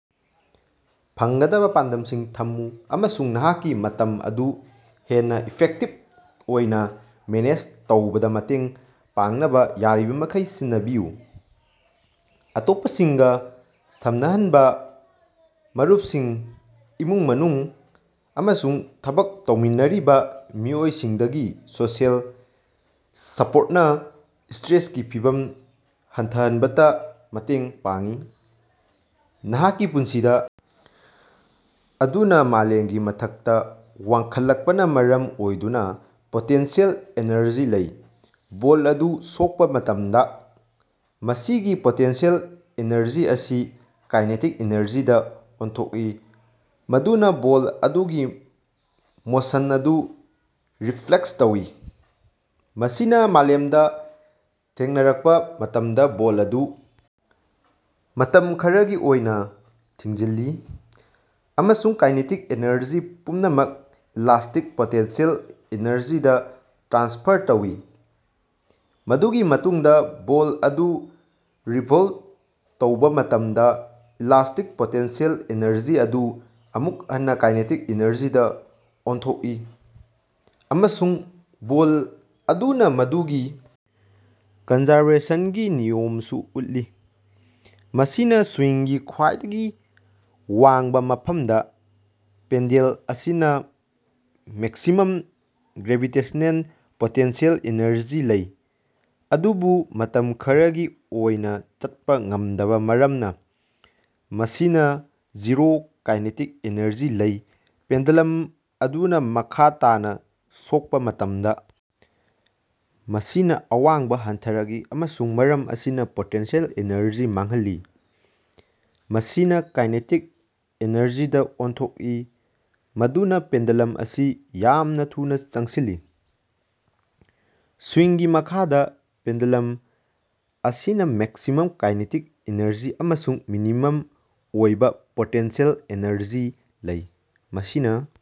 ꯐꯪꯒꯗꯕ ꯄꯥꯟꯗꯝꯁꯤꯡ ꯊꯝꯃꯨ ꯑꯃꯁꯨꯡ ꯅꯍꯥꯛꯀꯤ ꯃꯇꯝ ꯑꯗꯨ ꯍꯦꯟꯅ ꯏꯐꯦꯛꯇꯤꯕ ꯑꯣꯏꯅ ꯃꯦꯅꯦꯖ ꯇꯧꯕꯗ ꯃꯇꯦꯡ ꯄꯥꯡꯅꯕ ꯌꯥꯔꯤꯕꯃꯈꯩ ꯁꯤꯟꯅꯕꯤꯌꯨ꯫ ꯑꯇꯣꯞꯄꯁꯤꯡꯒ ꯁꯝꯅꯍꯟꯕꯥ: ꯃꯔꯨꯞꯁꯤꯡ, ꯏꯃꯨꯡ-ꯃꯅꯨꯡ ꯑꯃꯁꯨꯡ ꯊꯕꯛ ꯇꯧꯃꯤꯟꯅꯔꯤꯕ ꯃꯤꯑꯣꯏꯁꯤꯡꯗꯒꯤ ꯁꯣꯁꯤꯑꯦꯜ ꯁꯄꯣꯔꯠꯅꯥ ꯁ꯭ꯇꯔꯦꯁꯀꯤ ꯐꯤꯚꯝ ꯍꯟꯊꯍꯟꯕꯗ ꯃꯇꯦꯡ ꯄꯥꯡꯏ꯫ ꯅꯍꯥꯛꯀꯤ ꯄꯨꯟꯁꯤꯗ ꯑꯗꯨꯅ ꯃꯥꯂꯦꯝꯒꯤ ꯃꯊꯛꯇ ꯋꯥꯡꯈꯠꯂꯛꯄꯅ ꯃꯔꯝ ꯑꯣꯏꯗꯨꯅ ꯄꯣꯇꯦꯟꯁꯤꯑꯦꯜ ꯑꯦꯅꯔꯖꯤ ꯂꯩ꯫ ꯕꯣꯜ ꯑꯗꯨ ꯁꯣꯛꯄꯥ ꯃꯇꯝꯗ, ꯃꯁꯤꯒꯤ ꯄꯣꯇꯦꯟꯁꯤꯑꯦꯜ ꯑꯦꯅꯔꯖꯤ ꯑꯁꯤ ꯀꯥꯏꯅꯦꯇꯤꯛ ꯑꯦꯅꯔꯖꯤꯗ ꯑꯣꯟꯊꯣꯛꯏ, ꯃꯗꯨꯅ ꯕꯣꯜ ꯑꯗꯨꯒꯤ ꯃꯣꯁꯟ ꯑꯗꯨ ꯔꯤꯐ꯭ꯂꯦꯛ ꯇꯧꯏ꯫ ꯃꯁꯤꯅꯥ ꯃꯥꯂꯦꯝꯗ ꯊꯦꯡꯅꯔꯛꯄ ꯃꯇꯝꯗꯥ, ꯕꯣꯜ ꯑꯗꯨ ꯃꯇꯝ ꯈꯔꯒꯤ ꯑꯣꯏꯅꯥ ꯊꯤꯡꯖꯤꯜꯂꯤ, ꯑꯃꯁꯨꯡ ꯀꯥꯏꯅꯦꯇꯤꯛ ꯑꯦꯅꯔꯖꯤ ꯄꯨꯝꯅꯃꯛ ꯏꯂꯥꯁ꯭ꯇꯤꯛ ꯄꯣꯇꯦꯟꯁꯤꯑꯦꯜ ꯑꯦꯅꯔꯖꯤꯗ ꯇ꯭ꯔꯥꯟꯁꯐꯔ ꯇꯧꯏ꯫ ꯃꯗꯨꯒꯤ ꯃꯇꯨꯡꯗꯥ, ꯕꯣꯜ ꯑꯗꯨꯅ ꯔꯤꯕꯣꯟꯗ ꯇꯧꯕ ꯃꯇꯝꯗ, ꯏꯂꯥꯁ꯭ꯇꯤꯛ ꯄꯣꯇꯦꯟꯁꯤꯑꯦꯜ ꯑꯦꯅꯔꯖꯤ ꯑꯗꯨ ꯑꯃꯨꯛ ꯍꯟꯅ ꯀꯥꯏꯅꯦꯇꯤꯛ ꯑꯦꯅꯔꯖꯤꯗ ꯑꯣꯟꯊꯣꯛꯏ, ꯑꯃꯁꯨꯡ ꯕꯣꯜ ꯑꯗꯨꯅ ꯃꯗꯨꯒꯤ ꯀꯟꯖꯔꯕꯦꯁꯟꯒꯤ ꯅꯤꯌꯝꯁꯨ ꯎꯠꯂꯤ꯫ ꯃꯁꯤꯒꯤ ꯁꯨꯋꯤꯡꯒꯤ ꯈ꯭ꯋꯥꯏꯗꯒꯤ ꯋꯥꯡꯕ ꯃꯐꯝꯗ, ꯄꯦꯟꯗꯦꯜ ꯑꯁꯤꯅ ꯃꯦꯛꯁꯤꯃꯝ ꯒ꯭ꯔꯦꯚꯤꯇꯦꯁꯅꯦꯜ ꯄꯣꯇꯦꯟꯁꯤꯑꯦꯜ ꯑꯦꯅꯔꯖꯤ ꯂꯩ, ꯑꯗꯨꯕꯨ ꯃꯇꯝ ꯈꯔꯒꯤ ꯑꯣꯏꯅ ꯆꯠꯄ ꯉꯝꯗꯕꯥ ꯃꯔꯝꯅ ꯃꯁꯤꯅꯥ ꯖꯤꯔꯣ ꯀꯥꯏꯅꯦꯇꯤꯛ ꯑꯦꯅꯔꯖꯤ ꯂꯩ꯫ ꯄꯦꯟꯗꯦꯂꯝ ꯑꯗꯨꯅ ꯃꯈꯥ ꯇꯥꯅ ꯁꯣꯛꯄꯥ ꯃꯇꯝꯗ ꯃꯁꯤꯅ ꯑꯋꯥꯡꯕ ꯍꯟꯊꯔꯛꯏ ꯑꯃꯁꯨꯡ ꯃꯔꯝ ꯑꯁꯤꯅ ꯄꯣꯇꯦꯟꯁꯤꯑꯦꯜ ꯑꯦꯅꯔꯖꯤ ꯃꯥꯡꯍꯜꯂꯤ꯫ ꯃꯁꯤꯅꯥ ꯀꯥꯏꯅꯦꯇꯤꯛ ꯑꯦꯅꯔꯖꯤꯗꯥ ꯑꯣꯟꯊꯣꯛꯏ, ꯃꯗꯨꯅ ꯄꯦꯟꯗꯦꯂꯝ ꯑꯁꯤ ꯌꯥꯝꯅ ꯊꯨꯅꯥ ꯆꯪꯁꯤꯜꯂꯤ꯫ ꯁꯨꯋꯤꯡꯒꯤ ꯃꯈꯥꯗ, ꯄꯦꯟꯗꯨꯂꯝ ꯑꯁꯤꯅ ꯃꯦꯛꯁꯤꯃꯝ ꯀꯥꯏꯅꯦꯇꯤꯛ ꯑꯦꯅꯔꯖꯤ ꯑꯃꯁꯨꯡ ꯃꯤꯅꯤꯃꯝ ꯑꯣꯏꯕ ꯄꯣꯇꯦꯟꯁꯤꯑꯦꯜ ꯑꯦꯅꯔꯖꯤ ꯂꯩ꯫ ꯃꯁꯤꯅ